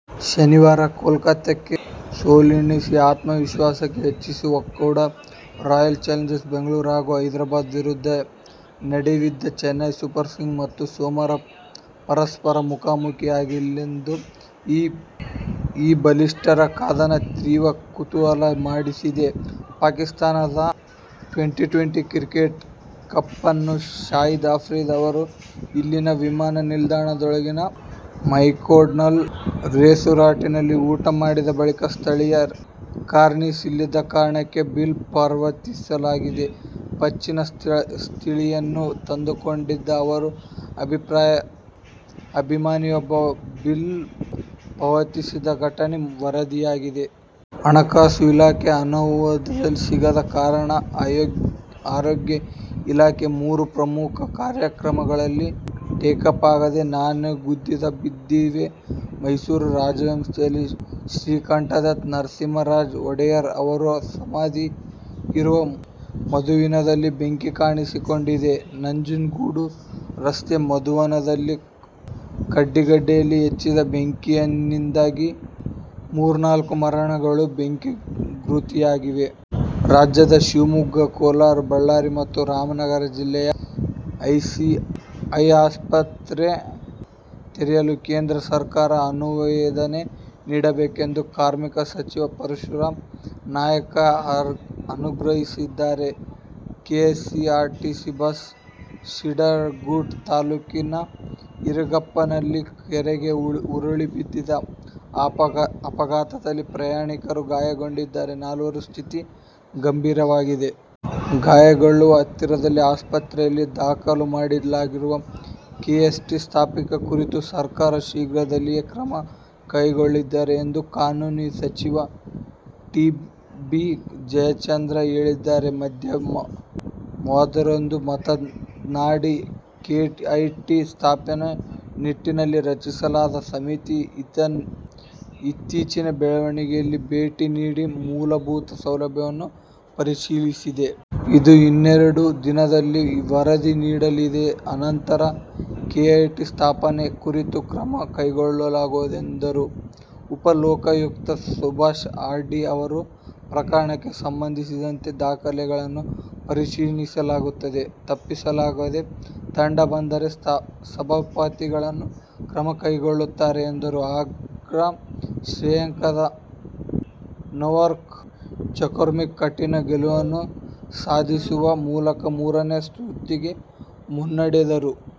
ಶನಿವಾರ ಕೋಲ್ಕತಾಕ್ಕೆ ಸೋಲುಣಿಸಿ ಆತ್ಮವಿಸ್ವಾಸ ಹೆಚ್ಚಿಸಿಒಕೊಂಡ ರಾಯಲ್ ಚಾಲೆಂಜರ್ ಬೆಂಗಳೂರು ಹಾಗೂ ಹೈದರಾಬಾದ್ ವಿರುದ್ಧ ಎಡವಿದ ಚೆನ್ನೈ ಸೂಪರ್ ಕಿಂಗ್ಸ್ ಮತ್ತೆ ಸೋಮವಾರ ಪರಸ್ಪರ ಮುಖಾಮುಖೀಯಾಗಲಿದ್ದು, ಈ ಬಲಿಷ್ಠರ ಕದನ ತೀವ್ರ ಕುತೂಹಲ ಮೂಡಿಸಿದೆ. ಪಾಕಿಸ್ಥಾನದ ಟ್ವೆಂಟಿ ಟ್ವೆಂಟಿ ಕ್ರಿಕೆಟ್ ಕಪ್ತಾನ ಶಾಹೀದ್ ಆಫ್ರಿದಿ ಅವರು ಇಲ್ಲಿನ ವಿಮಾನ ನಿಲ್ದಾಣದೊಳಗಿನ ಮೆಕ್ಡೊನಾಲ್ಡ್ ರೆಸ್ಟುರಾಂಟ್ನಲ್ಲಿ ಊಟ ಮಾಡಿದ ಬಳಿಕ ಸ್ಥಳೀಯ ಕರೆನ್ಸಿ ಇಲ್ಲದ ಕಾರಣಕ್ಕೆ ಬಿಲ್ ಪಾವತಿಸಲಾಗದೆ ಪೇಚಿನ ಸ್ಥಿತಿಯನ್ನು ತಂದುಕೊಂಡಾಗ ಅವರ ಅಭಿಮಾನಿಯೊಬ್ಬ ಬಿಲ್ ಪಾವತಿಸಿದ ಘಟನೆ ವರದಿಯಾಗಿದೆ. ಹಣಕಾಸು ಇಲಾಖೆಯ ಅನುಮೋದನೆ ಸಿಗದ ಕಾರಣ ಆರೋಗ್ಯ ಇಲಾಖೆಯ ಮೂರು ಪ್ರಮುಖ ಕಾರ್ಯಕ್ರಮಗಳು "ಟೇಕಾಫ್' ಆಗದೆ ನೆನೆಗುದಿಗೆ ಬಿದ್ದಿವೆ. ಮೈಸೂರು ರಾಜವಂಶಸ್ಥ ಶ್ರೀಕಂಠದತ್ತ ನರಸಿಂಹರಾಜ ಒಡೆಯರ್ ಅವರ ಸಮಾಧಿ ಇರುವ ಮಧುವನದಲ್ಲಿ ಬೆಂಕಿ ಕಾಣಿಸಿಕೊಂಡಿದೆ. ನಂಜನಗೂಡು ರಸ್ತೆಯ ಮಧುವನದಲ್ಲಿ ಕಿಡಿಗೇಡಿಗಳು ಹಚ್ಚಿದ ಬೆಂಕಿಯಿಂದಾಗಿ ಮೂರ್ನಾಲ್ಕು ಮರಗಳು ಬೆಂಕಿಗಾಹುತಿಯಾಗಿವೆ. ರಾಜ್ಯದ ಶಿವಮೊಗ್ಗ, ಕೋಲಾರ, ಬಳ್ಳಾರಿ ಮತ್ತು ರಾಮನಗರ ಜಿಲ್ಲೆಗಳಲ್ಲಿ ಇಎಸ್ಐ ಆಸ್ಪತ್ರೆಗಳನ್ನು ತೆರೆಯಲು ಕೇಂದ್ರ ಸರ್ಕಾರ ಅನುಮೋದನೆ ನೀಡಬೇಕೆಂದು ಕಾರ್ಮಿಕ ಸಚಿವ ಪರಮೇಶ್ವರ್ ನಾಯಕ ಆಗ್ರಹಿಸಿದ್ದಾರೆ. ಕೆಎಸ್ಆರ್ಟಿಸಿ ಬಸ್ ಶಿಡ್ಲಘಟ್ಟ ತಾಲೂಕಿನ ಇರಿಗಪ್ಪನಹಳ್ಳಿ ಕೆರೆಗೆ ಉರುಳಿ ಬಿದ್ದಿದೆ. ಅಪಘಾತದಲ್ಲಿ ಪ್ರಯಾಣಿಕರು ಗಾಯಗೊಂಡಿದ್ದು, ನಾಲ್ವರ ಸ್ಥಿತಿ ಗಂಭೀರವಾಗಿದೆ. ಗಾಯಾಳುಗಳನ್ನು ಹತ್ತಿರದ ಆಸ್ಪತ್ರೆಗಳಿಗೆ ದಾಖಲು ಮಾಡಲಾಗಿದೆ. ಕೆಎಟಿ ಸ್ಥಾಪನೆ ಕುರಿತು ಸರಕಾರ ಶೀಘ್ರದಲ್ಲೇ ಕ್ರಮ ಕೈಗೊಳ್ಳಲಿದೆ ಎಂದು ಕಾನೂನು ಸಚಿವ ಟಿ. ಬಿ. ಜಯಚಂದ್ರ ಹೇಳಿದರು. ಮಾಧ್ಯಮದವರೊಂದಿಗೆ ಮಾತನಾಡಿ, ಕೆಎಟಿ ಸ್ಥಾಪನೆ ನಿಟ್ಟಿನಲ್ಲಿ ರಚಿಸಲಾದ ಸಮಿತಿ ಇತ್ತೀಚೆಗೆ ಬೆಳಗಾವಿಗೆ ಭೇಟಿ ನೀಡಿ ಮೂಲಭೂತ ಸೌಲಭ್ಯಗಳನ್ನು ಪರಿಶೀಲಿಸಿದೆ. ಇದು ಇನ್ನೆರಡು ದಿನಗಳಲ್ಲಿ ವರದಿ ನೀಡಲಿದ್ದು, ಅನಂತರ ಕೆಎಟಿ ಸ್ಥಾಪನೆ ಕುರಿತು ಕ್ರಮ ಕೈಗೊಳ್ಳಲಾಗುವುದು ಎಂದರು. ಉಪ ಲೋಕಾಯುಕ್ತ ಸುಭಾಷ ಅಡಿ ಅವರ ಪ್ರಕರಣಕ್ಕೆ ಸಂಬಂಧಿಸಿದಂತೆ ದಾಖಲೆಗಳನ್ನು ಪರಿಶೀಲಿಸಲಾಗುತ್ತಿದೆ. ತಪ್ಪೆಸಗಿದ್ದು ಕಂಡು ಬಂದರೆ ಸಭಾಪತಿಗಳು ಕ್ರಮ ಕೈಗೊಳ್ಳುತ್ತಾರೆ ಎಂದರು. ಅಗ್ರ ಶ್ರೇಯಾಂಕದ ನೊವಾಕ್ ಜೊಕೋವಿಕ್ ಕಠಿನ ಗೆಲುವನ್ನು ಸಾಧಿಸುವ ಮೂಲಕ ಮೂರನೇ ಸುತ್ತಿಗೆ ಮುನ್ನಡೆದರು.